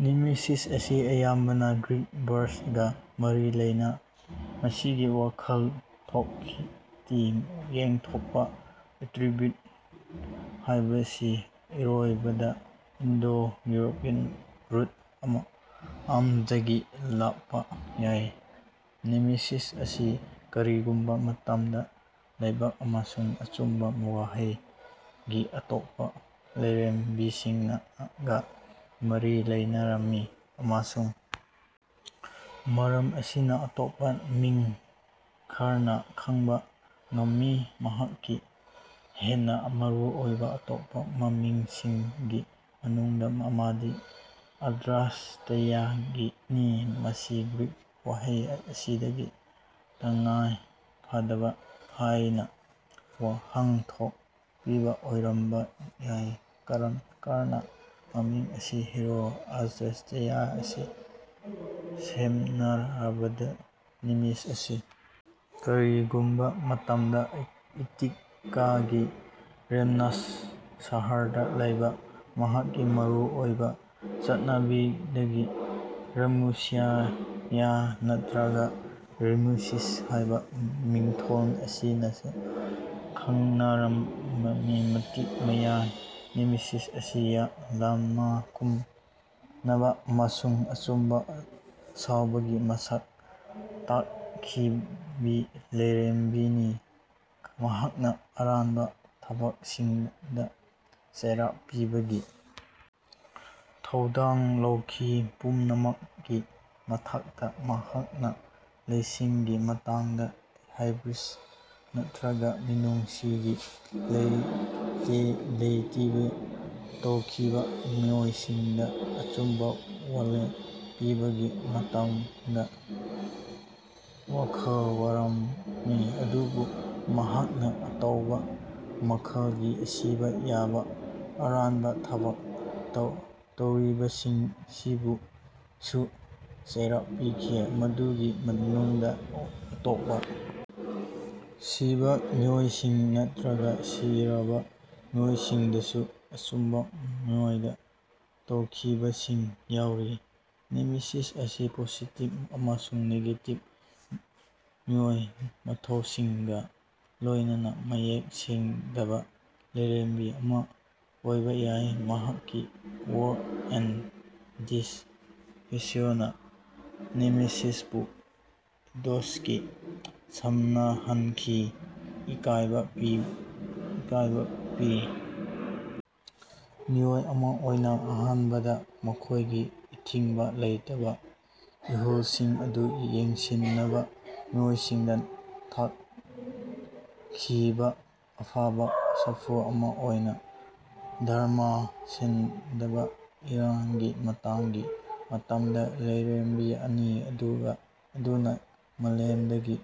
Nemesis ꯑꯁꯤ ꯑꯌꯥꯝꯕꯅ Greek ꯚꯔ꯭ꯕ ꯒ ꯃꯔꯤ ꯂꯩꯅꯩ ꯃꯁꯤꯒꯤ ꯋꯥꯍꯟꯊꯣꯛꯇꯤ ꯌꯦꯟꯊꯣꯛꯄ ꯑꯦꯇ꯭ꯔꯤꯕ꯭ꯌꯨꯠ ꯍꯥꯏꯕꯁꯤ ꯑꯔꯣꯏꯕꯗ ꯏꯟꯗꯣ ꯌꯨꯔꯣꯄꯤꯌꯟ ꯔꯨꯠ ꯑꯃꯗꯒꯤ ꯂꯥꯛꯄ ꯌꯥꯏ꯫ ꯅꯦꯃꯦꯁꯤꯁ ꯑꯁꯤ ꯀꯔꯤꯒꯨꯝꯕ ꯃꯇꯝꯗ ꯂꯥꯏꯕꯛ ꯑꯃꯁꯨꯡ ꯑꯆꯨꯝꯕ ꯋꯥꯌꯦꯜꯒꯤ ꯑꯇꯣꯞꯄ ꯂꯥꯏꯔꯦꯝꯕꯤꯁꯤꯡꯒ ꯃꯔꯤ ꯂꯩꯅꯔꯝꯃꯤ ꯑꯃꯁꯨꯡ ꯃꯔꯝ ꯑꯁꯤꯅ ꯑꯇꯣꯞꯄ ꯃꯤꯡ ꯈꯔꯅ ꯈꯪꯕ ꯉꯝꯃꯤ꯫ ꯃꯍꯥꯛꯀꯤ ꯍꯦꯟꯅ ꯃꯔꯨꯑꯣꯏꯕ ꯑꯇꯣꯞꯄ ꯃꯃꯤꯡꯁꯤꯡꯒꯤ ꯃꯅꯨꯡꯗ ꯑꯃꯗꯤ ꯑꯗ꯭ꯔꯥꯁ꯭ꯇꯦꯌꯥꯅꯤ ꯃꯁꯤ ꯒ꯭ꯔꯤꯛ ꯋꯥꯍꯩ ꯑꯁꯤꯗꯒꯤ ꯇꯉꯥꯏꯐꯗꯕ ꯍꯥꯏꯅ ꯋꯥꯍꯟꯊꯣꯛ ꯄꯤꯕ ꯑꯣꯏꯔꯝꯕ ꯌꯥꯏ ꯈꯔꯅ ꯃꯃꯤꯡ ꯑꯁꯤ ꯍꯤꯔꯣ ꯑꯗ꯭ꯔꯥꯁ꯭ꯇꯁꯀ ꯁꯝꯅꯔꯕꯁꯨ꯫ ꯅꯦꯃꯦꯁꯤꯁ ꯑꯁꯤ ꯀꯔꯤꯒꯨꯝꯕ ꯃꯇꯝꯗ ꯑꯦꯇꯤꯀꯥꯒꯤ ꯔꯥꯝꯅꯨꯁ ꯁꯍꯔꯗ ꯂꯩꯕ ꯃꯍꯥꯛꯀꯤ ꯃꯔꯨꯑꯣꯏꯕ ꯆꯠꯅꯕꯤꯗꯒꯤ ꯔꯥꯝꯅꯨꯁꯤꯌꯥ ꯅꯠꯇ꯭ꯔꯒ ꯔꯥꯝꯅꯨꯁꯤꯁ ꯍꯥꯏꯕ ꯃꯤꯡꯊꯣꯜ ꯑꯁꯤꯅꯁꯨ ꯈꯪꯅꯔꯝꯃꯤ꯫ ꯃꯇꯤꯛ ꯃꯌꯥꯏ ꯅꯦꯃꯦꯁꯤꯁ ꯑꯁꯤ ꯂꯃꯟ ꯈꯨꯝꯅꯕ ꯑꯃꯁꯨꯡ ꯑꯆꯨꯝꯕ ꯁꯥꯎꯕꯒꯤ ꯃꯁꯛ ꯇꯥꯛꯈꯤꯕ ꯂꯥꯏꯔꯦꯝꯕꯤꯅꯤ꯫ ꯃꯍꯥꯛꯅ ꯑꯔꯥꯟꯕ ꯊꯕꯛꯁꯤꯡꯗ ꯆꯩꯔꯥꯛ ꯄꯤꯕꯒꯤ ꯊꯧꯗꯥꯡ ꯂꯧꯈꯤ꯫ ꯄꯨꯝꯅꯃꯛꯀꯤ ꯃꯊꯛꯇ ꯃꯍꯥꯛꯅ ꯂꯥꯏꯁꯤꯡꯒꯤ ꯃꯇꯥꯡꯗ ꯍꯥꯏꯕ꯭ꯔꯤꯁ ꯅꯠꯇ꯭ꯔꯒ ꯃꯤꯅꯨꯡꯁꯤ ꯂꯩꯇꯕ ꯇꯧꯈꯤꯕ ꯃꯤꯑꯣꯏꯁꯤꯡꯗ ꯑꯆꯨꯝꯕ ꯋꯥꯌꯦꯜ ꯄꯤꯕꯒꯤ ꯃꯇꯥꯡꯗ ꯋꯥꯈꯜ ꯋꯥꯔꯝꯃꯤ ꯑꯗꯨꯕꯨ ꯃꯍꯥꯛꯅ ꯑꯇꯣꯞꯄ ꯃꯈꯜꯒꯤ ꯁꯤꯕ ꯌꯥꯕ ꯑꯔꯥꯟꯕ ꯊꯕꯛ ꯇꯧꯔꯤꯕꯁꯤꯡꯕꯨꯁꯨ ꯆꯩꯔꯥꯛ ꯄꯤꯈꯤ ꯃꯗꯨꯒꯤ ꯃꯅꯨꯡꯗ ꯑꯇꯣꯞꯄ ꯁꯤꯕ ꯃꯤꯑꯣꯏꯁꯤꯡ ꯅꯠꯇ꯭ꯔꯒ ꯁꯤꯔꯕ ꯃꯤꯑꯣꯏꯁꯤꯡꯗꯁꯨ ꯑꯆꯨꯝꯕ ꯃꯑꯣꯡꯗ ꯇꯧꯈꯤꯕꯁꯤꯡ ꯌꯥꯎꯔꯤ꯫ ꯅꯦꯃꯦꯁꯤꯁ ꯑꯁꯤ ꯄꯣꯖꯤꯇꯤꯕ ꯑꯃꯁꯨꯡ ꯅꯦꯒꯦꯇꯤꯕ ꯃꯋꯣꯡ ꯃꯇꯧꯁꯤꯡꯒ ꯂꯣꯏꯅꯅ ꯃꯌꯦꯛ ꯁꯦꯡꯗꯕ ꯂꯥꯏꯔꯦꯝꯕꯤ ꯑꯃ ꯑꯣꯏꯕ ꯌꯥꯏ꯫ ꯃꯍꯥꯛꯀꯤ ꯋꯥꯔ꯭ꯛꯁ ꯑꯦꯟꯗ ꯗꯦꯁꯇ ꯍꯦꯁꯤꯑꯣꯗꯅ ꯅꯦꯃꯦꯁꯤꯁꯄꯨ ꯑꯥꯏꯗꯣꯁꯀ ꯁꯝꯅꯍꯟꯈꯤ ꯏꯀꯥꯏꯕ ꯄꯤꯕ ꯃꯤꯑꯣꯏ ꯑꯃ ꯑꯣꯏꯅ ꯑꯍꯥꯟꯕꯗ ꯃꯈꯣꯏꯒꯤ ꯑꯊꯤꯡꯕ ꯂꯩꯇꯕ ꯏꯍꯨꯜꯁꯤꯡ ꯑꯗꯨ ꯌꯦꯡꯁꯤꯟꯅꯕ ꯃꯤꯑꯣꯏꯁꯤꯡꯗ ꯊꯥꯈꯤꯕ ꯑꯐꯕ ꯁꯥꯐꯨ ꯑꯃ ꯑꯣꯏꯅ ꯙꯔꯃ ꯁꯦꯡꯗꯕ ꯑꯥꯏꯔꯟꯒꯤ ꯃꯇꯝ"ꯒꯤ ꯃꯇꯝꯗ ꯂꯥꯏꯔꯦꯝꯕꯤ ꯑꯅꯤ ꯑꯗꯨꯅ ꯃꯥꯂꯦꯝꯗꯒꯤ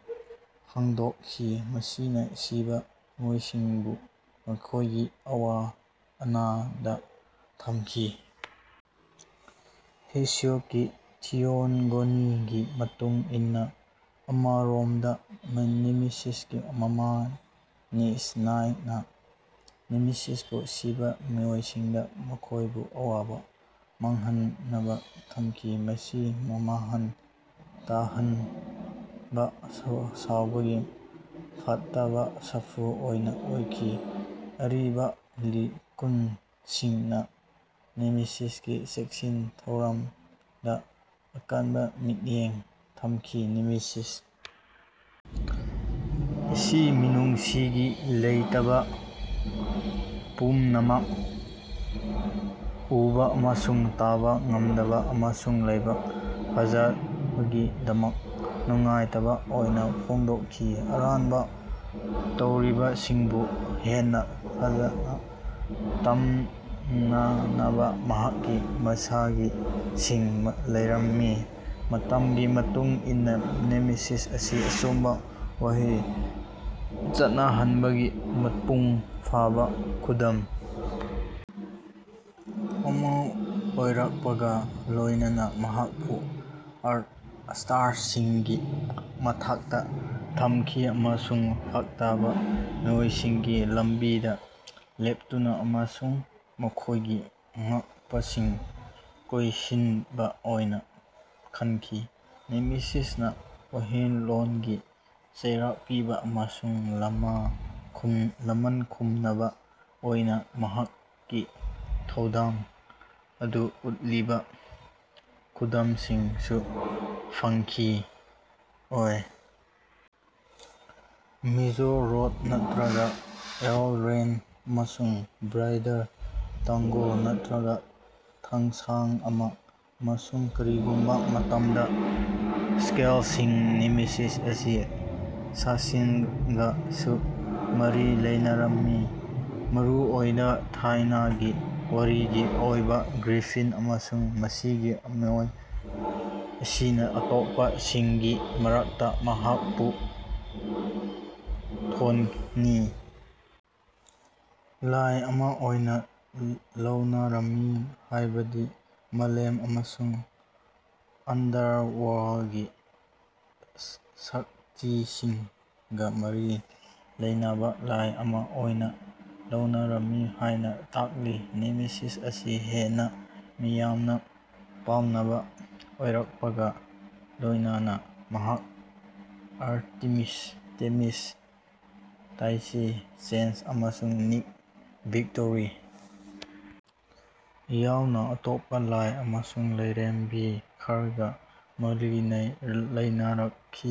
ꯍꯟꯗꯣꯛꯈꯤ ꯃꯁꯤꯅ ꯁꯤꯕ ꯃꯤꯑꯣꯏꯁꯤꯡꯕꯨ ꯃꯈꯣꯏꯒꯤ ꯑꯋꯥ ꯑꯅꯥꯗ ꯊꯝꯈꯤ꯫ ꯍꯦꯁꯤꯑꯣꯗꯀꯤ ꯊꯤꯌꯣꯒꯣꯅꯤꯒꯤ ꯃꯇꯨꯡ ꯏꯟꯅ ꯑꯃꯔꯣꯝꯗ ꯅꯦꯃꯦꯁꯤꯁꯀꯤ ꯃꯃꯥ ꯅꯥꯏꯛ꯭ꯁ ꯅꯥꯏꯠꯅ ꯅꯦꯃꯦꯁꯤꯁꯄꯨ ꯁꯤꯕ ꯃꯤꯑꯣꯏꯁꯤꯡꯗ ꯃꯈꯣꯏꯕꯨ ꯑꯋꯥꯕ ꯅꯪꯍꯟꯅꯕ ꯊꯥꯈꯤ ꯃꯁꯤ ꯃꯥꯡꯍꯟ ꯇꯥꯛꯍꯟꯕ ꯁꯥꯎꯕꯒꯤ ꯐꯠꯇꯕ ꯁꯥꯐꯨ ꯑꯣꯏꯅ ꯑꯣꯏꯈꯤ꯫ ꯑꯔꯤꯕ ꯂꯤꯈꯨꯟꯁꯤꯡꯅ ꯅꯦꯃꯦꯁꯤꯁꯀꯤ ꯆꯦꯛꯁꯤꯟ ꯊꯧꯔꯥꯡꯗ ꯑꯀꯟꯕ ꯃꯤꯠꯌꯦꯡ ꯊꯝꯈꯤ꯫ ꯅꯦꯃꯦꯁꯤꯁ ꯑꯁꯤ ꯃꯤꯅꯨꯡꯁꯤ ꯂꯩꯇꯕ ꯄꯨꯝꯅꯃꯛ ꯎꯕ ꯑꯃꯁꯨꯡ ꯇꯥꯕ ꯉꯝꯗꯕ ꯑꯃꯁꯨꯡ ꯂꯥꯏꯕꯛ ꯐꯖꯕꯒꯤꯗꯃꯛ ꯅꯨꯡꯉꯥꯏꯇꯕ ꯑꯣꯏꯅ ꯐꯣꯡꯗꯣꯛꯈꯤ꯫ ꯑꯔꯥꯟꯕ ꯇꯧꯔꯤꯕꯁꯤꯡꯕꯨ ꯍꯦꯟꯅ ꯐꯖꯅ ꯇꯥꯟꯅꯅꯕ ꯃꯍꯥꯛꯀꯤ ꯃꯁꯥꯁꯤꯡ ꯂꯩꯔꯝꯃꯤ꯫ ꯃꯇꯝꯒꯤ ꯃꯇꯨꯡ ꯏꯟꯅ ꯅꯦꯃꯦꯁꯤꯁ ꯑꯁꯤ ꯑꯆꯨꯝꯕ ꯋꯥꯌꯦꯜ ꯆꯠꯅꯍꯟꯕꯒꯤ ꯃꯄꯨꯡ ꯐꯥꯕ ꯈꯨꯗꯝ ꯑꯃ ꯑꯣꯏꯔꯛꯄꯒ ꯂꯣꯏꯅꯅ ꯃꯍꯥꯛꯄꯨ ꯁ꯭ꯇꯥꯔꯁꯤꯡꯒꯤ ꯃꯊꯛꯇ ꯊꯝꯈꯤ ꯑꯃꯁꯨꯡ ꯐꯠꯇꯕ ꯃꯤꯑꯣꯏꯁꯤꯡꯒꯤ ꯂꯝꯕꯤꯗ ꯂꯦꯞꯇꯨꯅ ꯑꯃꯁꯨꯡ ꯃꯈꯣꯏꯒꯤ ꯉꯛꯄꯁꯤꯡ ꯀꯣꯟꯁꯤꯟꯕ ꯑꯣꯏꯅ ꯈꯟꯈꯤ꯫ ꯅꯦꯃꯦꯁꯤꯁꯅ ꯋꯥꯌꯦꯜꯂꯣꯏ ꯆꯩꯔꯥꯛ ꯄꯤꯕ ꯑꯃꯁꯨꯡ ꯂꯃꯟ ꯈꯨꯝ ꯈꯨꯝꯅꯕ ꯑꯣꯏꯅ ꯃꯍꯥꯛꯀꯤ ꯊꯧꯗꯥꯡ ꯑꯗꯨ ꯎꯠꯂꯤꯕ ꯈꯨꯗꯝꯁꯤꯡꯁꯨ ꯐꯪꯈꯤ ꯑꯣꯏ ꯃꯦꯖꯔ ꯔꯣꯗ ꯅꯠꯇ꯭ꯔꯒ ꯑꯦꯜ ꯔꯦꯟ ꯑꯃꯁꯨꯡ ꯕ꯭ꯔꯤꯗꯜ ꯊꯥꯡꯒꯣꯜ ꯅꯠꯇ꯭ꯔꯒ ꯊꯥꯡꯁꯥꯡ ꯑꯃ ꯑꯃꯁꯨꯡ ꯀꯔꯤꯒꯨꯝꯕ ꯃꯇꯝꯗ ꯁ꯭ꯀꯦꯜꯁꯤꯡ꯫ ꯅꯦꯃꯦꯁꯤꯁ ꯑꯁꯤ ꯁꯥꯁꯤꯡꯒꯁꯨ ꯃꯔꯤ ꯂꯩꯅꯔꯝꯃꯤ ꯃꯔꯨꯑꯣꯏꯅ ꯊꯥꯏꯅꯒꯤ ꯋꯥꯔꯤꯒꯤ ꯑꯣꯏꯕ ꯒ꯭ꯔꯤꯐꯤꯟ ꯑꯃꯁꯨꯡ ꯃꯁꯤꯒꯤ ꯃꯑꯣꯡ ꯑꯁꯤꯅ ꯑꯇꯣꯞꯄꯁꯤꯡꯒꯤ ꯃꯔꯛꯇ ꯃꯍꯥꯛꯄꯨ ꯀ꯭ꯊꯣꯅꯤ ꯂꯥꯏ ꯑꯃ ꯑꯣꯏꯅ ꯂꯧꯅꯔꯝꯃꯤ ꯍꯥꯏꯕꯗꯤ ꯃꯥꯂꯦꯝ ꯑꯃꯁꯨꯡ ꯑꯟꯗꯔꯋꯔꯜꯗꯀꯤ ꯁꯛꯇꯤꯁꯤꯡꯒ ꯃꯔꯤ ꯂꯩꯅꯕ ꯂꯥꯏ ꯑꯃ ꯑꯣꯏꯅ ꯂꯧꯅꯔꯝꯃꯤ ꯍꯥꯏꯅ ꯇꯥꯛꯂꯤ ꯫ ꯅꯦꯃꯦꯁꯤꯁ ꯑꯁꯤ ꯍꯦꯟꯅ ꯃꯤꯌꯥꯝꯅ ꯄꯥꯝꯅꯕ ꯑꯣꯏꯔꯛꯄꯒ ꯂꯣꯏꯅꯅ ꯃꯍꯥꯛ ꯑꯥꯔꯇꯦꯃꯤꯁ ꯊꯦꯃꯤꯁ ꯇꯥꯏꯆꯦ ꯆꯥꯟꯁ ꯑꯃꯁꯨꯡ ꯅꯥꯏꯀꯤ ꯚꯤꯛꯇꯣꯔꯤ ꯌꯥꯎꯅ ꯑꯇꯣꯞꯄ ꯂꯥꯏ ꯑꯃꯁꯨꯡ ꯂꯥꯏꯔꯦꯝꯕꯤ ꯈꯔꯒ ꯃꯔꯤ ꯂꯩꯅꯔꯛꯈꯤ꯫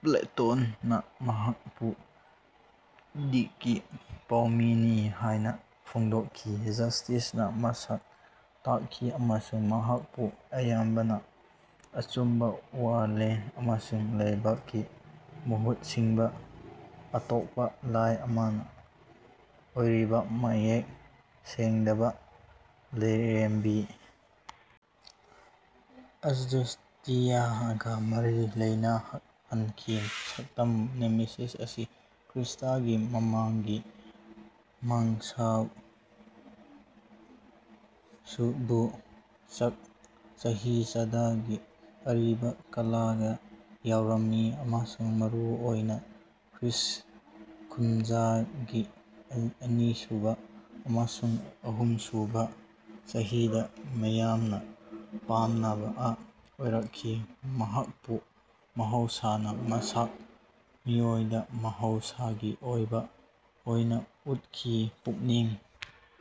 ꯄ꯭ꯂꯦꯇꯣꯅ ꯃꯍꯥꯛꯄꯨ ꯗꯥꯏꯛꯀꯤ ꯄꯥꯎꯃꯤꯅꯤ ꯍꯥꯏꯅ ꯐꯣꯡꯗꯣꯛꯈꯤ ꯖꯁ꯭ꯇꯤꯁꯅ ꯃꯁꯛ ꯇꯥꯛꯈꯤ꯫ ꯑꯃꯁꯨꯡ ꯃꯍꯥꯛꯄꯨ ꯑꯌꯥꯝꯕꯅ ꯑꯆꯨꯝꯕ ꯋꯥꯌꯦꯜ ꯑꯃꯁꯨꯡ ꯂꯥꯏꯕꯛꯀꯤ ꯃꯍꯨꯠ ꯁꯤꯟꯕ ꯑꯇꯣꯞꯄ ꯂꯥꯏ ꯑꯃ ꯑꯣꯏꯔꯤꯕ ꯃꯌꯦꯛ ꯁꯦꯡꯗꯕ ꯂꯥꯏꯔꯦꯝꯕꯤ ꯑꯗ꯭ꯔꯥꯁ꯭ꯇꯦꯌꯥꯒ ꯃꯔꯤ ꯂꯩꯅꯍꯟꯈꯤ꯫ ꯁꯛꯇꯝ ꯅꯦꯃꯦꯁꯤꯁ ꯑꯁꯤ ꯈ꯭ꯔꯤꯁ꯭ꯇꯒꯤ ꯃꯃꯥꯡꯒꯤ ꯃꯉꯥꯁꯨꯕ ꯆꯍꯤꯆꯥꯗꯒꯤ ꯑꯔꯤꯕ ꯀꯂꯥꯗ ꯌꯥꯎꯔꯝꯃꯤ ꯑꯃꯁꯨꯡ ꯃꯔꯨꯑꯣꯏꯅ ꯈ꯭ꯔꯤꯁ꯭ꯠ ꯀꯨꯝꯖꯥꯒꯤ ꯑꯅꯤꯁꯨꯕ ꯑꯃꯁꯨꯡ ꯑꯍꯨꯝꯁꯨꯕ ꯆꯍꯤꯆꯥꯗ ꯃꯤꯌꯥꯝꯅ ꯄꯥꯝꯅꯕ ꯑꯣꯏꯔꯛꯈꯤ꯫ ꯃꯍꯥꯛꯄꯨ ꯃꯍꯧꯁꯥꯅ ꯃꯁꯛ ꯃꯑꯣꯡꯗ ꯃꯍꯧꯁꯥꯒꯤ ꯑꯣꯏꯕ ꯑꯣꯏꯅ ꯎꯠꯈꯤ ꯄꯨꯛꯅꯤꯡ